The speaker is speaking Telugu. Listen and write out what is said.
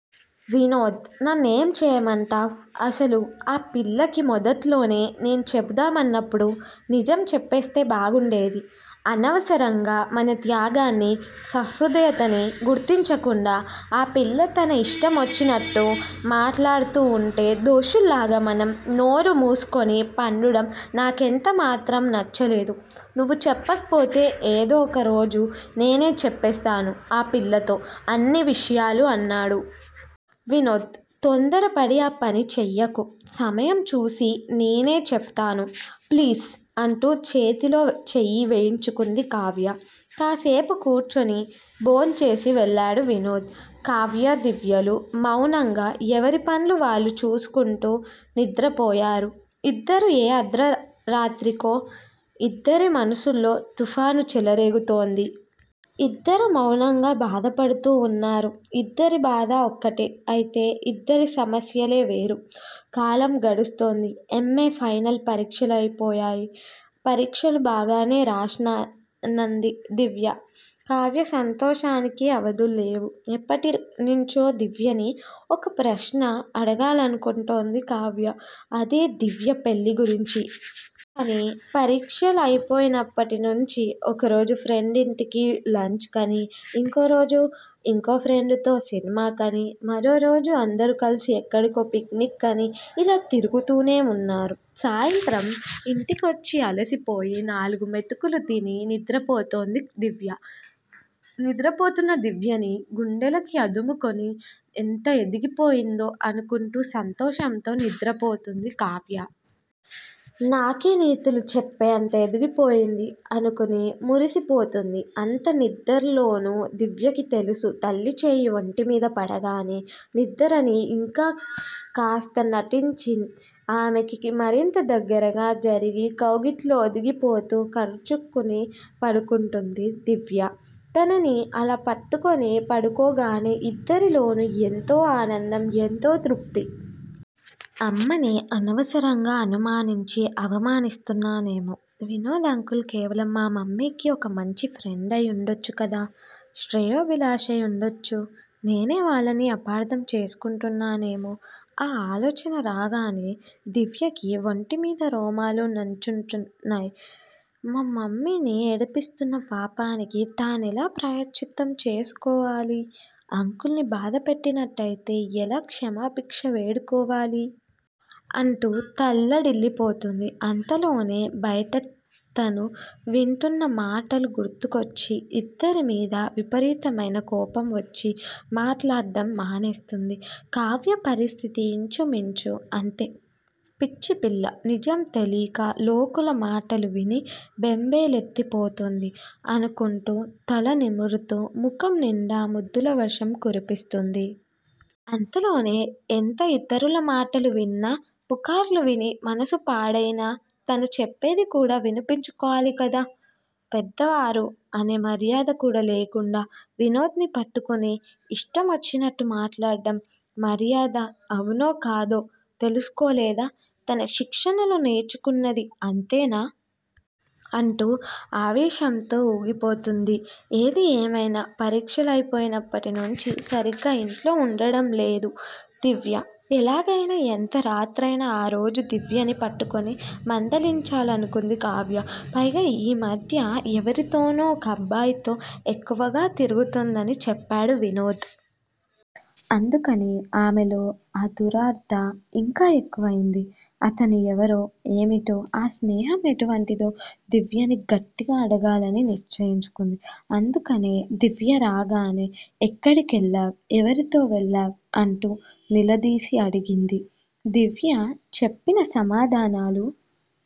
వినోద్! నన్నేం చెయ్యమంటావ్? అసలు ఆపిల్లకి మొదట్లోనే, నేను చెబ్దామన్నప్పుడు, నిజం చెప్పేస్తే బాగుండేది! అనవసరంగా, మన త్యాగాన్నీ, సహృదయతనీ గుర్తించకుండా, ఆ పిల్ల తన ఇష్టమొచ్చినట్టు మాట్లాడుతూ వుంటే, దోషుల్లాగా మనం నోరుమూసుకొని పడుండడం, నాకెంత మాత్రం నచ్చలేదు. నువ్వు చెప్పకపోతే, ఏదో ఒక రోజు నేనే చెప్పేస్తాను ఆ పిల్లతో అన్ని విషయాలూ అన్నాడు. వినోద్! తొందరపడి ఆ పని చెయ్యకు. సమయం చూసి నేనే చెప్తాతాను. ప్లీజ్! అంటూ చేతిలో చెయ్యి వేయించుకుంది కావ్య! కాస్సేపు కూర్చొని, భోంచేసి వెళ్ళాడు వినోద్! కావ్యా, దివ్యలు మౌనంగా ఎవరి పన్లు వాళ్లు చేసుకుంటూ, నిద్రపోయారు ఇద్దరూ ఏ అర్దరాత్రికో! ఇద్దరి మనసుల్లోనూ తుఫాను చెలగేరుతోంది! ఇద్దరూ మౌనంగా బాధపడుతూ వున్నారు. ఇద్దరి బాధా ఒక్కటే అయితే ఇద్దరి సమస్యలే వేరు. కాలం గడుస్తోంది. ఎమ్. ఏ. ఫైనల్ పరీక్షలయిపోయాయి. పరీక్షలు బాగానే రాశానంది దివ్య! కావ్య సంతోషానికి అవధుల్లేవు! ఎప్పటి నుంచో దివ్యని ఒకప్రశ్న అడగాలనుకొంటోంది కావ్య! అదే దివ్య పెళ్ళి గురించి. కానీ, పరీక్షలయిపోయినప్పటినుంచీ, ఒకరోజు ఫ్రెండింటికి లంచ్ కనీ, ఇంకోరోజు ఇంకో ఫ్రెండుతో సినిమాకనీ, మరో రోజు అందరూ కలిసి ఎక్కడికో పిక్నిక్ కనీ, ఇలా తిరుగుతూనే వున్నారు. సాయంత్రం ఇంటికొచ్చి అలిసిపోయి, నాలుగు మెతుకులు తిని నిద్రపోతోంది దివ్య! నిద్రపోతూన్న దివ్యని గుండెలకి అదుముకొని ఎంత ఎదిగిపోయిందో అనుకుంటూ సంతోషంతో నిద్రపోతుంది కావ్య! నాకే నీతులు చెప్పేంతగా ఎదిగిపోయింది! అనుకొని మురిసిపోతుంది! అంత నిద్దరలోనూ దివ్యకి తెలుసు, తల్లి చెయ్యి వొంటిమీద పడగానే, నిద్దరని ఇంకా కాస్త నటించి, ఆమెకి మరింత దగ్గరగా జరిగి, కౌగిట్లో ఒదిగిపోతూ, కరుచుకొని పడుకుంటుంది! దివ్య తనని అలా పట్టుకొని పడుకోగానే, ఇద్దరిలోనూ, ఎంతో ఆనందం, ఎంతో తృప్తి! అమ్మని అనవసరంగా అనుమానించి, అవమానిస్తున్నానేమో! వినోద్ అంకుల్ కేవలం మా మమ్మీకి, ఒక మంచి ఫ్రెండయి వుండొచ్చు కదా! శ్రేయోభిలాషై వుండొచ్చు! నేనే వాళ్ళని అపార్ధం చేసుకుంటున్నానేమో? ఆ ఆలోచన రాగానే, దివ్యకి వొంటిమీద రోమాలు నంచుంటాయ్! మమ్మీని ఏడిపిస్తున్న పాపానికీ, తానెలా ప్రాయశ్చిత్తం చేసుకోవాలి? అంకుల్ ని బాధపెట్టినట్టయితే, ఎలా క్షమాభిక్ష వేడుకోవాలి? అంటూ తల్లడిల్లిపోతుంది. అంతలోనే, బయట తను వింటూన్న మాటలు గుర్తుకొచ్చి, ఇద్దరి మీదా విపరీతమయిన కోపం వొచ్చి, మాట్లాడ్డం మానేస్తుంది. కావ్య పరిస్థితీ ఇంచు మించు అంతే! పిచ్చిపిల్ల! నిజం తెలీక, లోకుల మాటలు విని, బెంబేలెత్తి పోతోంది. అనుకుంటూ తల నిమురుతూ, ముఖం నిండా ముద్దుల వర్షం కురిపిస్తుంది! అంతలోనే, ఎంత ఇతరుల మాటలు విన్నా, పుకార్లు విని మనసు పాడయినా, తను చెప్పేది కూడా వినిపించుకోవాలి కదా! పెద్దవారూ అనే మర్యాద కూడా లేకుండా, వినోద్ ని పట్టుకొని ఇష్టం ఒచ్చినట్టు మాట్లాడం, మర్యాద అవునో కాదో తెలసుకోలేదా? తన శిక్షణలో నేర్చుకున్నది. అంతేనా? అంటూ, ఆవేశంతో ఊగిపోతుంది. ఏది ఏమైనా, పరీక్షలయి పోయినప్పటి నుంచీ, సరిగ్గా ఇంట్లో వుండడం లేదు. దివ్య! ఎలాగైనా, ఎంత రాత్రైనా, ఆ రోజు దివ్యని పట్టుకొని మందలించాలను కుంది కావ్య! పైగా ఈ మధ్య ఎవరితోనో, ఒక అబ్బాయితో ఎక్కువగా తిరుగుతోందని చెప్పాడు వినోద్! అందుకని ఆమెలో ఆదూర్దా ఇంకా ఎక్కువైంది! అతను ఎవరో ఏమిటో, ఆ స్నేహం ఎటువంటిదో, దివ్యని గట్టిగా అడగాలని నిశ్చయించుకుంది! అందుకనే దివ్య రాగానే 'ఎక్కడి కెళ్ళావ్? ఎవరితో వెళ్ళావ్' అంటూ నిలదీసి అడిగింది! దివ్య చెప్పిన సమాధానాలు